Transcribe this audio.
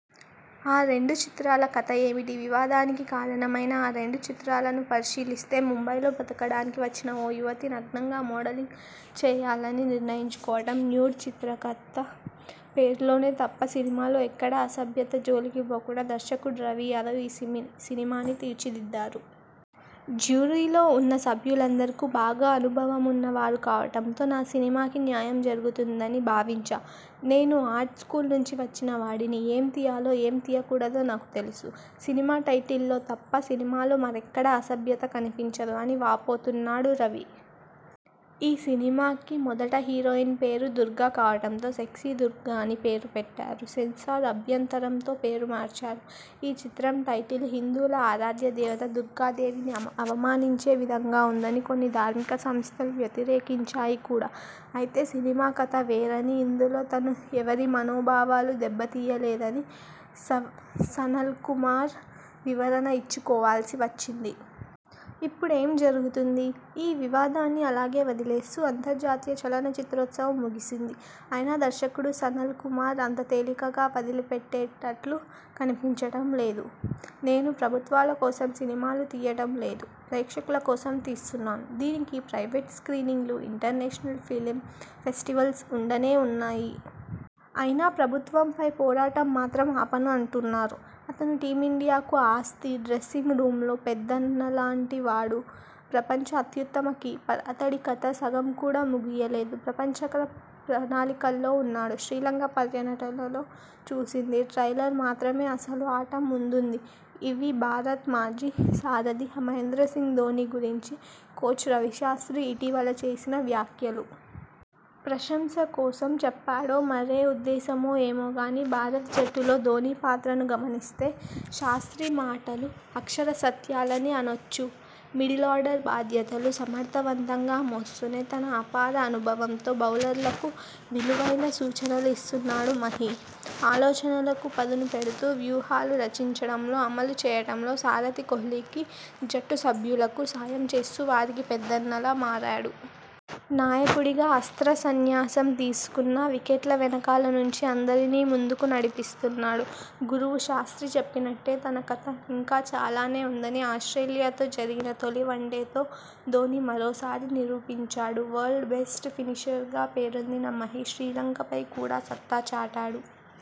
ఆ రెండు చిత్రాల కథ ఏమిటి? వివాదానికి కారణమైన ఆ రెండు చిత్రాలను పరిశీలిస్తే ముంబైలో బతకడానికి వచ్చిన ఓ యువతి నగ్నంగా మోడలింగ్ చేయాలని నిర్ణయించుకోవడం 'న్యూడ్' చిత్ర కథ. పేరులోనే తప్ప సినిమాలో ఎక్కడా అసభ్యత జోలికి పోకుండా దర్శకుడు రవి యాదవ్ ఈ సినిమాని తీర్చిదిద్దారు. ' జ్యూరీలో ఉన్న సభ్యులందరకూ బాగా అనుభవమున్న వారు కావడంతో నా సినిమాకి న్యాయం జరుగుతుందని భావించా. నేను ఆర్ట్ స్యూల్ నుంచి వచ్చిన వాడిని. ఏం తీయాలో ఏం తియ్యకూడదో నాకు తెలుసు. సినిమా టైటిల్లో తప్ప సినిమాలో మరెక్కడా అసభ్యత కనిపించదు. ' అని వాపోతున్నాడు రవి. ఈ సినిమాకి మొదట హీరోయిన్ పేరు దుర్గ కావడంతో 'సెక్సీ దుర్గ' అని పేరు పెట్టారు. సెన్సార్ అభ్యంతరంతో పేరు మార్చారు. ఈ చిత్రం టైటిల్ హిందువుల ఆరాధ్య దేవత దుర్గాదేవిని అవమానించే విధంగా ఉందని కొన్ని ధార్మిక సంస్థలు వ్యతిరేకించాయి కూడా. అయితే సినిమా కథ వేరనీ, ఇందులో తను ఎవరి మనోభావాలు దెబ్బతీయలేదని సనల్కుమార్ వివరణ ఇచ్చుకోవాల్సి వచ్చింది. ఇప్పుడేం జరుగుతుంది? ఈ వివాదాన్ని అలాగే వదిలేస్తూ అంతర్జాతీయ చలనచిత్రోత్సవం ముగిసింది. అయినా దర్శకుడు సనల్కుమార్ అంత తేలికగా వదిలిపెట్టేట్లు కనిపించడం లేదు. నేను ప్రభుత్వాల కోసం సినిమాలు తీయడం లేదు. ప్రేక్షకుల కోసం తీస్తున్నాను. దీనికి ప్రైవేట్ స్ర్కీనింగులు, ఇంటర్నేషనల్ ఫిల్మ్ ఫెస్టివల్స్ ఉండనే ఉన్నాయి. అయినా ప్రభుత్వంపై పోరాటం మాత్రం ఆపను' అంటున్నారు. 'అతను టీమిండియాకు ఆస్తి. డ్రెస్సింగ్ రూమ్లో పెద్దన్నలాంటి వాడు. ప్రపంచ అత్యుత్తమ కీపర్! అతడి కథ సగం కూడా ముగియలేదు. ప్రపంచ కప్ ప్రణాళికల్లో ఉన్నాడు. శ్రీలంక పర్యనటనలో చూసింది ట్రైలర్ మాత్రమే ఆసలు ఆట ముందుంది' ఇవీ భారత మాజీ సాదథి హామేహద్రసింగ్ ధోనీ గురించి కోచ్ రవిశాస్ర్తి ఇటీవల చేసిన వ్యాఖ్యలు! ప్రశంసకోసం చెప్పాడో మరే ఉద్దేశమో ఏమో గానీ భారత జట్టులో ధోనీ పాత్రను గమనిస్తే శాస్ర్తి మాటలు అక్షర సత్యాలని అనొచ్చు! మిడిలార్డర్ బాధ్యతలు సమర్థవంతంగా మోస్తూనే తన అపార అనుభవంతో బౌలర్లకు విలువైన సూచనలిస్తున్నాడు మహీ! ఆలోచనలకు పదును పెడుతూ వ్యూహాలు రచించడంలో అమలు చేయడంలో సారథి కోహ్లీకి, జట్టు సభ్యులకు సాయం చేస్తూ వారికి పెద్దన్నలా మారాడు! నాయకుడిగా అస్త్రసన్యాసం తీసుకున్నా వికెట్ల వెనకాల నుంచి అందరినీ ముందుకు నడిపిస్తున్నాడు! గురువు శాస్ర్తి చెప్పినట్టే తన కథ ఇంకా చాలానే ఉందని ఆస్ట్రేలియాతో జరిగిన తొలి వన్డేతో ధోనీ మరోసారి నిరూపించాడు. వరల్డ్ బెస్ట్ ఫినిషర్గా పేరొందిన మహీ శ్రీలంకపై కూడా సత్తా చాటాడు.